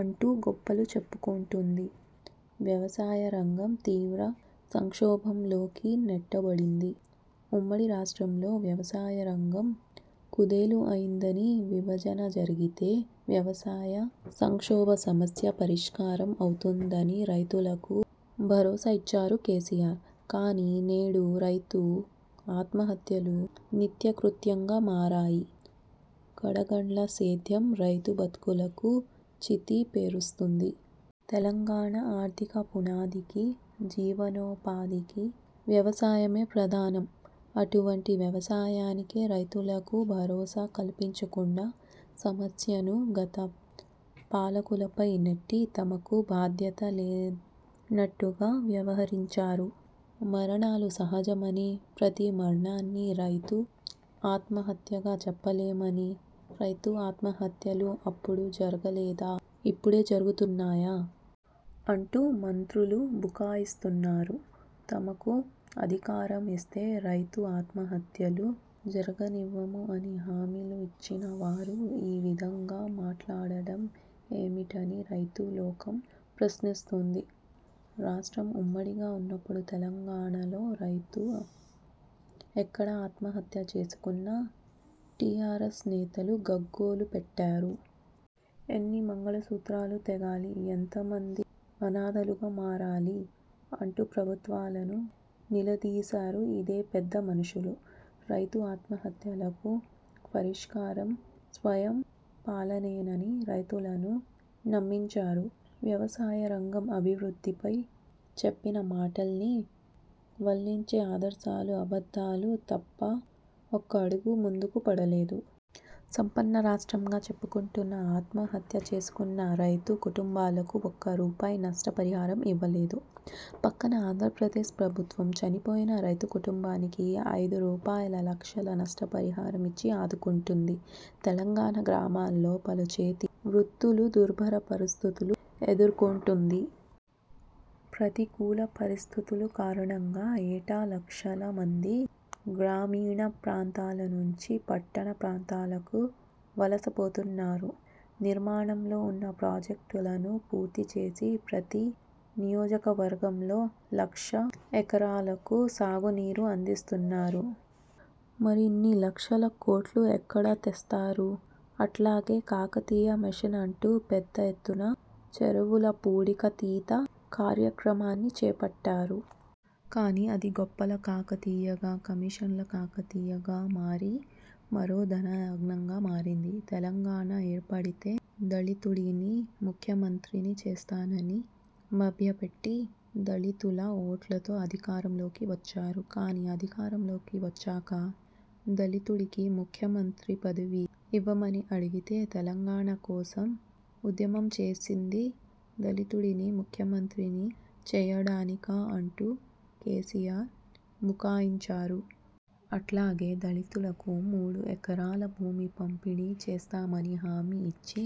అంటూ గొప్పలు చెప్పుకుంటోంది. వ్యవసాయ రంగం తీవ్ర సంక్షోభంలోకి నెట్టబడింది. ఉమ్మడి రాష్ట్రంలో వ్యవసాయ రంగం కుదేలు అయిందని, విభజన జరిగితే వ్యవసాయ సంక్షోభ సమస్య పరిష్కారం అవుతుందని రైతులకు భరోసా ఇచ్చారు కేసీఆర్. కానీ నేడు రైతు ఆత్మహత్యలు నిత్యకృత్యంగా మారాయి. కడగండ్ల సేద్యం రైతు బతుకులకు చితి పేరుస్తుంది. తెలంగాణ ఆర్థిక పునాదికి, జీవనో పాధికి వ్యవసాయమే ప్రధానం. అటువంటి వ్యవసాయానికీ రైతులకూ భరోసా కల్పించకుండా సమస్యను గత పాలకులపై నెట్టి తమకు బాధ్యత లేనట్టుగా వ్యవహరించారు. మరణాలు సహజం అని, ప్రతి మరణాన్ని రైతు ఆత్మహత్యగా చెప్పలేమని, రైతు ఆత్మహత్యలు అప్పుడు జరగలేదా? ఇప్పుడే జరుగుతున్నాయా? అంటూ మంత్రులు బుకా యిస్తున్నారు. తమకు అధికారం ఇస్తే రైతు ఆత్మహత్యలు జరగనివ్వమని హామీలు ఇచ్చిన వారు ఈ విధంగా మాట్లాడడం ఏమిటని రైతు లోకం ప్రశ్నిస్తుంది. రాష్ట్రం ఉమ్మడిగా ఉన్నప్పుడు తెలంగాణ లో రైతు ఎక్కడ ఆత్మహత్య చేసుకున్నా టీఆర్ఎస్ నేతలు గగ్గోలు పెట్టారు. ఎన్ని మంగళ సూత్రాలు తెగాలి? ఎంత మంది అనాథలుగా మారాలి? అంటూ ప్రభుత్వాలను నిలదీశారు ఇదే పెద్ద మనుషులు. రైతు ఆత్మహత్యలకు పరిష్కారం స్వయం పాలనేనని రైతులను నమ్మించారు. వ్యవసాయ రంగం అభివృద్ధి పై చెప్పిన మాటల్ని, వల్లించే ఆదర్శాలు అబద్ధాలు తప్ప ఒక్క అడుగు ముందుకు పడలేదు. సంపన్న రాష్ట్రంగా చెప్పుకుంటున్నా ఆత్మహత్య చేసుకున్న రైతు కుంటుంబాలకు ఒక్క రూపాయి నష్ట పరిహారం ఇవ్వలేదు. పక్కన ఆంధ్రప్రదేశ్ ప్రభుత్వం చనిపోయిన రైతు కుంటుంబానికి ఐదు రూపాయల లక్షల నష్ట పరిహారం ఇచ్చి ఆదుకుంటుంది. తెలంగాణ గ్రామాల్లో పలు చేతి వృత్తులు దుర్భర పరిస్థితులు ఎదుర్కొంటుంది. ప్రతికూల పరిస్థితులు కారణంగా ఏటా లక్షల మంది గ్రామీణ ప్రాంతాల నుంచి పట్టణ ప్రాంతాలకు వలస పోతున్నారు. నిర్మాణంలో ఉన్న ప్రాజెక్టులను పూర్తి చేసి ప్రతి నియోజక వర్గంలో లక్ష ఎకరాలకు సాగు నీరు అందిస్తున్నారు. మరి ఇన్ని లక్షల కోట్లు ఎక్కడ తెస్తారు? అట్లాగే కాకతీయ మిషన్ అంటు పెద్ద ఎత్తున చెరువుల పూడిక తీత కార్యక్రమాన్ని చేపట్టారు. కానీ అది గొప్పల కాకతీయగా, కమిషన్ల కాకతీయగా మారి మరో ధన యజ్ఞంగా మారింది. తెలంగాణ ఏర్పడితే దళితుడిని ముఖ్య మంత్రిని చేస్తానని మభ్యపెట్టి దళితుల ఓట్లతో అధికారం లోకి వచ్చారు. కానీ అధికారం లోకి వచ్చాక దళితుడికి ముఖ్య మంత్రి పదవి ఇవ్వమని అడిగితే తెలంగాణ కోసం ఉద్యమం చేసింది దళితుడిని ముఖ్య మంత్రిని చెయ్యడానికా అంటూ కేసీఆర్ బుకాయించారు. అట్లాగే దళితులకు మూడు ఎకరాల భూమి పంపిణీ చేస్తామని హామీ ఇచ్చి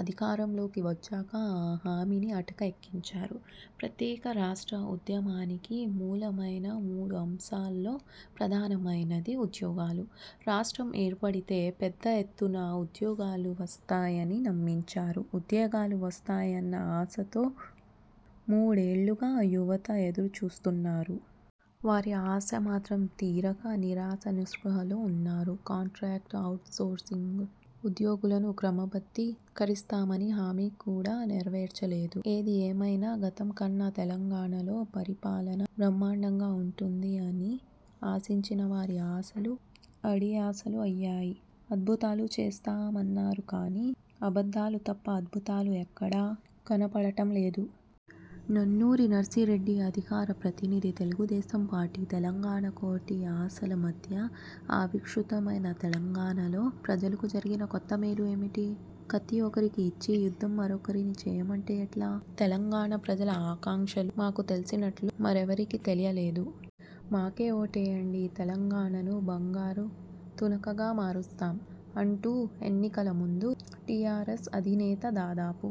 అధికారం లోకి వచ్చాక ఆ హామీని అటక ఎక్కించారు. ప్రత్యేక రాష్ట్ర ఉద్యమానికి మూలమైన మూడు అంశాల్లో ప్రధానమైనది ఉద్యోగాలు. రాష్ట్రం ఏర్పడితే పెద్ద ఎత్తున ఉద్యోగాలు వస్తాయని నమ్మించారు. ఉద్యోగాలు వస్తాయన్న ఆశతో మూడేళ్లుగా యువత ఎదురు చూస్తున్నారు. వారి ఆశ మాత్రం తీరక నిరాశ, నిస్పృహలో ఉన్నారు. కాంట్రాక్ట్, ఔట్ సోర్సింగ్ ఉద్యోగులను క్రమబద్ధీ కరిస్తామని హామీ కూడా నెరవేర్చలేదు. ఏది ఏమైనా గతం కన్నా తెలంగాణలో పరిపాలన బ్రహ్మాండంగా ఉంటుంది అని ఆశించిన వారి ఆశలు అడియాశలు అయ్యాయి. అద్భుతాలు చేస్తా మన్నారు కానీ అబద్ధాలు తప్ప అద్భుతాలు ఎక్కడా కనపడటం లేదు. నన్నూరి నర్సిరెడ్డి అధికార ప్రతినిధి, తెలుగు దేశం పార్టీ, తెలంగాణ కోటి ఆశల మధ్య ఆవిసృతమైన తెలంగాణ లో ప్రజలకు జరిగిన కొత్త మేలు ఏమిటి? కత్తి ఒకరికి ఇచ్చి యుద్ధం మరొకరిని చేయమంటే ఎట్లా? 'తెలంగాణ ప్రజల ఆకాంక్షలు మాకు తెలిసినట్లు మరెవరికీ తెలియలేదు. మాకే ఓటెయ్యండి. తెలంగాణ ను బంగారు తునకగా మారుస్తాం' అంటూ ఎన్నికల ముందు టీఆర్ఎస్ అధినేత దాదాపు